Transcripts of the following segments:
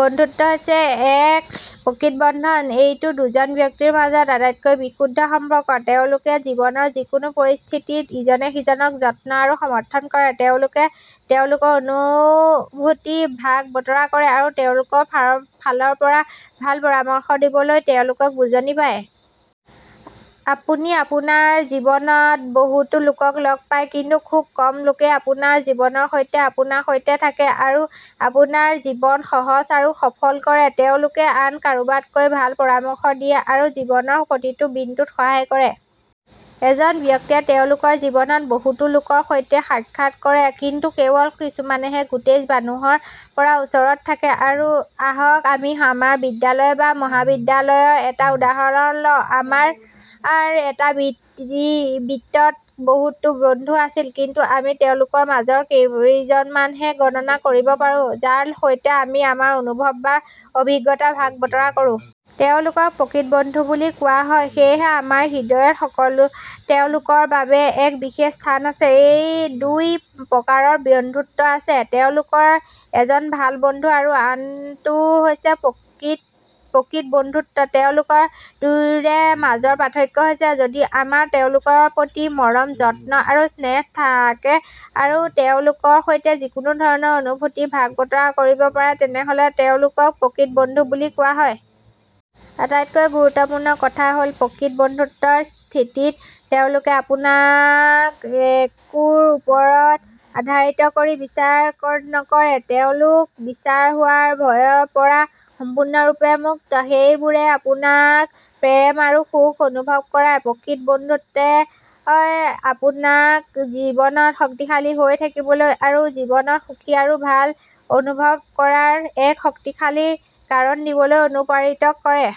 বন্ধুত্ব হৈছে এক প্ৰকৃত বন্ধন। এইটো দুজন ব্যক্তিৰ মাজত আটাইতকৈ বিশুদ্ধ সম্পৰ্ক। তেওঁলোকে জীৱনৰ যিকোনো পৰিস্থিতিত ইজনে সিজনক যত্ন আৰু সমৰ্থন কৰে। তেওঁলোকে তেওঁলোকৰ অনুভূতি ভাগ বতৰা কৰে আৰু তেওঁলোকৰ ফালৰ পৰা ভাল পৰামৰ্শ দিবলৈ তেওঁলোকক বুজি পায়। আপুনি আপোনাৰ জীৱনত বহুতো লোকক লগ পায় কিন্তু খুব কম লোকেই আপোনাৰ জীৱনৰ সৈতে আপোনাৰ সৈতে থাকে আৰু আপোনাৰ জীৱন সহজ আৰু সফল কৰে। তেওঁলোকে আন কাৰোবাতকৈ ভাল পৰামৰ্শ দিয়ে আৰু জীৱনৰ প্ৰতিটো বিন্দুত সহায় কৰে। এজন ব্যক্তিয়ে তেওঁলোকৰ জীৱনত বহুতো লোকৰ সৈতে সাক্ষাৎ কৰে কিন্তু কেৱল কিছুমানহে গোটেই মানুহৰ পৰা ওচৰত থাকে। আহক আমি আমাৰ বিদ্যালয় বা মহাবিদ্যালয়ৰ এটা উদাহৰণ লওঁ, আমাৰ এটা বৃত্তত বহুতো বন্ধু আছিল কিন্তু আমি তেওঁলোকৰ মাজৰ কেইজনমানহে গণনা কৰিব পাৰোঁ যাৰ সৈতে আমি আমাৰ অনুভৱ বা অভিজ্ঞতা ভাগ বতৰা কৰোঁ। তেওঁলোকক প্ৰকৃত বন্ধু বুলি কোৱা হয় সেয়েহে আমাৰ হৃদয়ত তেওঁলোকৰ বাবে এক বিশেষ স্থান আছে। দুই প্ৰকাৰৰ বন্ধুত্ব আছে; তেওঁলোকৰ এজন ভাল বন্ধু আৰু আনটো হৈছে প্ৰকৃত বন্ধুত্ব। তেওঁলোক দুয়োৰে মাজৰ পাৰ্থক্য হৈছে যদি আমাৰ তেওঁলোকৰ প্ৰতি মৰম, যত্ন আৰু স্নেহ থাকে আৰু তেওঁলোকৰ সৈতে যিকোনো ধৰণৰ অনুভূতি ভাগ বতৰা কৰিব পাৰে তেনেহ'লে তেওঁলোকক প্ৰকৃত বন্ধু বুলি কোৱা হয়। আটাইতকৈ গুৰুত্বপূৰ্ণ কথাটো হ'ল, প্ৰকৃত বন্ধুত্বৰ স্থিতিত, তেওঁলোকে আপোনাক একোৰ ওপৰত আধাৰিত কৰি বিচাৰ নকৰে। তেওঁলোক বিচাৰ হোৱাৰ ভয়ৰ পৰা সম্পূৰ্ণৰূপে মুক্ত। সেইবোৰে আপোনাক প্ৰেম আৰু সুখ অনুভৱ কৰায়। প্ৰকৃত বন্ধুত্বে আপোনাক জীৱনত শক্তিশালী হৈ থাকিবলৈ আৰু জীৱনত সুখী আৰু ভাল অনুভৱ কৰাৰ এক শক্তিশালী কাৰণ দিবলৈ অনুপ্ৰাণিত কৰে।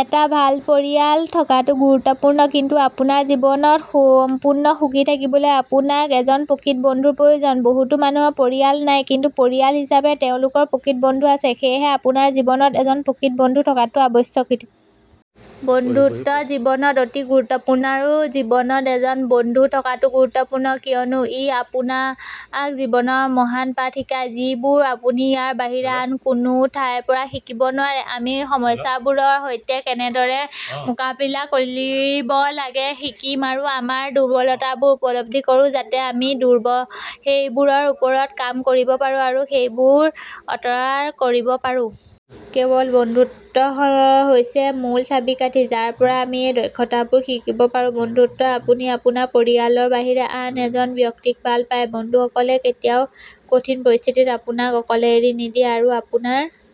এটা ভাল পৰিয়াল থকাটো গুৰুত্বপূৰ্ণ কিন্তু আপোনাৰ জীৱনত সম্পূৰ্ণ সুখী থাকিবলৈ আপোনাক এজন প্ৰকৃত বন্ধুৰ প্ৰয়োজন। বহুতো মানুহৰ পৰিয়াল নাই কিন্তু পৰিয়াল হিচাপে তেওঁলোকৰ প্ৰকৃত বন্ধু আছে। সেয়েহে, আপোনাৰ জীৱনত এজন প্ৰকৃত বন্ধু থকাটো অত্যাৱশ্যকীয়। বন্ধুত্ব জীৱনত অতি গুৰুত্বপূৰ্ণ আৰু জীৱনত এজন বন্ধু থকাটো গুৰুত্বপূৰ্ণ কিয়নো ই আপোনাক জীৱনৰ মহান পাঠ শিকায় যিবোৰ আপুনি ইয়াৰ বাহিৰে আন কোনো ঠাইৰ পৰা শিকিব নোৱাৰে। আমি সমস্যাবোৰৰ সৈতে কেনেদৰে মোকাবিলা কৰিব লাগে শিকিম আৰু আমাৰ দুৰ্বলতাবোৰ উপলব্ধি কৰোঁ যাতে আমি সেইবোৰৰ ওপৰত কাম কৰিব পাৰোঁ আৰু সেইবোৰ আঁতৰ কৰিব পাৰো। কেৱল বন্ধুত্বহৈছে মূল চাবিকাঠি যাৰ পৰা আমি এই দক্ষতাবোৰ শিকিব পাৰোঁ। বন্ধুত্বত, আপুনি আপোনাৰ পৰিয়ালৰ বাহিৰে আন এজন ব্যক্তিক ভাল পায়। বন্ধুসকলে কেতিয়াও কঠিন পৰিস্থিতিত আপোনাক অকলে এৰি নিদিয়ে আৰু আপোনাৰ